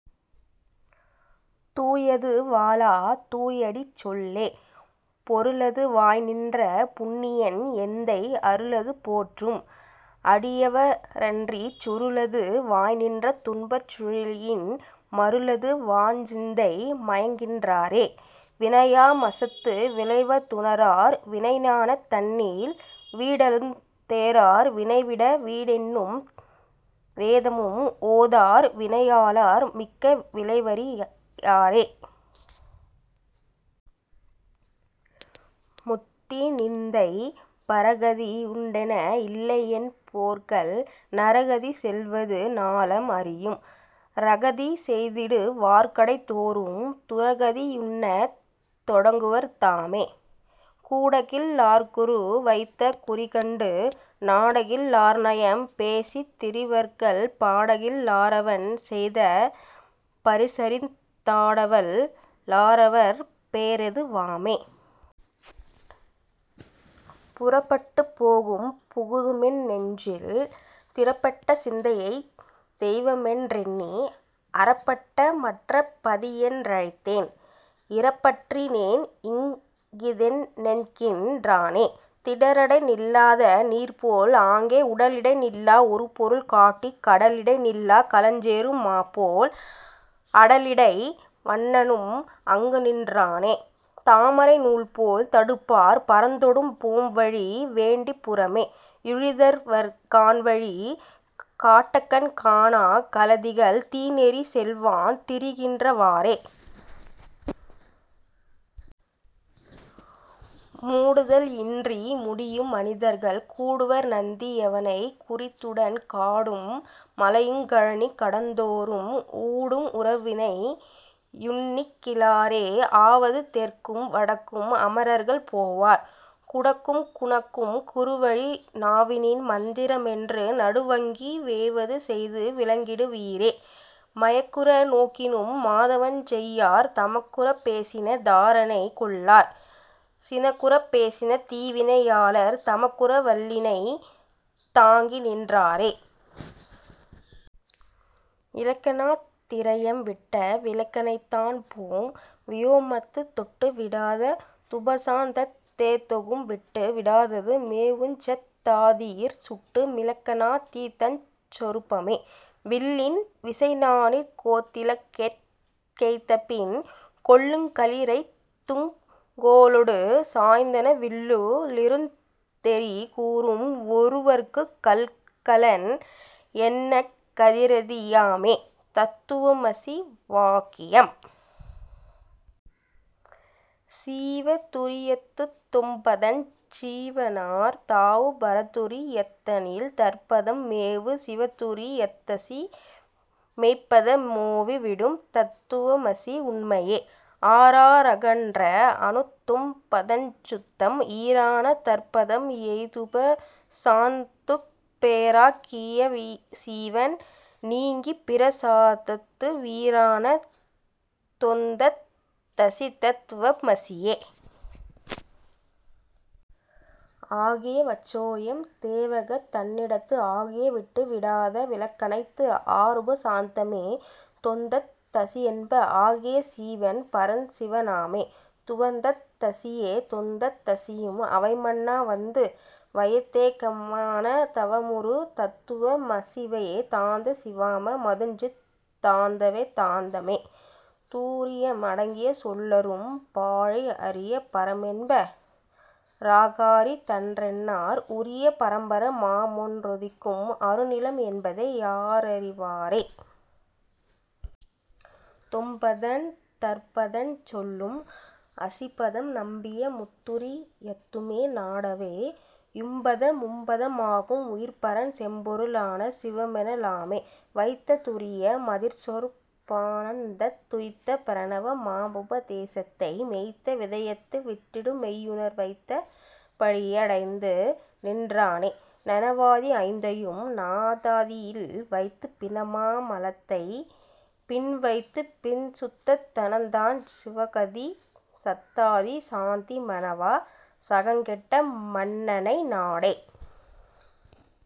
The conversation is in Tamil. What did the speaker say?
தூயது வாளா தூயடிச் சொல்லே. பொருளது வாய்நின்ற புண்ணியன் எந்தை அருளது போற்றும் அடியவ ரன்றிச் சுருளது வாய்நின்ற துன்பச் சுழியின் மருளது வாச்சிந்தை மயங்குகின் றாரே.. வினையா மசத்து விளைவ துணரார் வினைஞானந் தன்னில் வீடலுந் தேரார் வினைவிட வீடென்னும் வேதமும் ஓதார் வினையாளார் மிக்க விளைவறி யாரே.. முத்திநிந்தை. பரகதி யுண்டென இல்லையென் போர்கள் நரகதி செல்வது ஞாலம் அறியும் இரகதி செய்திடு வார்கடை தோறும் துரகதி யுண்ணத் தொடங்குவர் தாமே.. கூடகில் லார்குரு வைத்த குறிகண்டு நாடகில் லார்நயம் பேசித் திரிவர்கள் பாடகில் லாரவன் செய்த பரிசறிந் தாடவல் லாரவர் பேறெது வாமே.. புறப்பட்டுப் போகும் புகுதுமென் னெஞ்சில் திறப்பட்ட சிந்தையைப் தெய்வமென் றெண்ணி அறப்பட்ட மற்றப் பதியென் றழைத்தேன் இறப்பற்றி னேன்இங் கிதென்னென்கின் றானே. திடரடை நில்லாத நீர்போல் ஆங்கே உடலிடை நில்லா உறுபொருள் காட்டிக் கடலிடை நில்லா கலஞ்சேரு மாபோல் அடலிடை வண்ணனும் அங்குநின் றானே.. தாமரை நூல்போல் தடுப்பார் பரந்தொடும் போம்வழி வேண்டிப் புறமே யுழிதர்வர் காண்வழி காட்டக்கண் காணாக் கலதிகள் தீநெறி செல்வான் திரிகின்ற வாறே.. மூடுதல் இன்றி முடியும் மனிதர்கள் கூடுவர் நந்தி யவனைக் குறித்துடன் காடும் மலையுங் கழனி கடந்தோறும் ஊடும் உருவினை யுன்னிகி லாரே.. ஆவது தெற்கும் வடக்கும் அமரர்கள் போவார் குடக்கும் குணக்கும் குறுவழி நாவினின் மந்திர மென்று நடுவங்கி வேவது செய்து விளங்கிடு வீரே.. மயக்குற நோக்கினும் மாதவஞ் செய்யார் தமக்குறப் பேசின தாரணை கொள்ளார் சினக்குறப் பேசின தீவினை யாளர் தமக்குற வல்லினை தாங்கிநின் றாரே... இலக்கணாத் திரயம் விட்ட விலக்கணைதான்போம் வியோமத்துத் தொட்டு விடாத துபசாந்தத் தேதொகும் விட்டு விடாதது மேவுஞ்சத் தாதியிற் சுட்டு மிலக்கணா தீதஞ் சொருபமே.. வில்லின் விசைநாணிற்கோத்திலக்கெய்தபின் கொல்லுங் களிறைந்துங் கோலொடு சாய்ந்தன வில்லு ளிருந்தெறி கூரும் ஒருவற்குக் கல்கலன் என்னக் கதிரெதி யாமே... தத்துவமசி வாக்கியம். சீவ துரியத்துத் தொம்பதஞ் சீவனார் தாவு பரதுரி யத்தனில் தற்பதம் மேவு சிவதுரி யத்தசி மெய்ப்பத மோவி விடும் தத் துவமசி உண்மையே.. ஆறா றகன்ற அணுத்தொம் பதஞ்சுத்தம் ஈறான தற்பதம் எய்துப சாந்த்துப் பேறா கியசீவன் நீங்கிப்பிர சாதத்து வீறான தொந்தத் தசிதத்வ மசியே.. ஆகிய வச்சோயம் தேவகத் தன்னிடத்து ஆகிய விட்டு விடாத விலக்கணைத்து ஆருப சாந்தமே தொந்தத் தசியென்ப ஆகிய சீவன் பரன்சிவ னாமே.. துவந்தத் தசியே தொந்தத் தசியும் அவைமன்னா வந்து வயத்தேகமான தவமுறு தத்துவ மசிவே தாந்த சிவமா மதுஞ்சித் தாந்தவே தாந்தமே.. துரியம் அடங்கிய சொல்லறும் பாழை அரிய பரமென்ப ராகாரி தன்றென்னார் உரிய பரம்பர மாமொன் றுதிக்கும் அருநிலம் என்பதை யாரறி வாரே.. தொம்பதந் தற்பதஞ் சொல்லும் அசிபதம் நம்பிய முத்துரி யத்துமே னாடவே யும்பத மும்பத மாகும் உயிர்பரன் செம்பொரு ளான சிவமென லாமே.. வைத்த துரிய மதிற்சொரு பானந்தத் துய்த்த பிரணவ மாமுப தேசத்தை மெய்த்த விதயத்து விட்டிடு மெய்யுணர் வைத்த படியே யடைந்து நின்றானே.. நனவாதி ஐந்தையும் நாதாதியில் வைத்துப் பினமா மலத்தைப் பின்வைத்துப் பின்சுத்தத் தனதாஞ் சிவகதி சத்தாதி சாந்தி மனவா சகங்கெட்ட மன்னனை நாடே..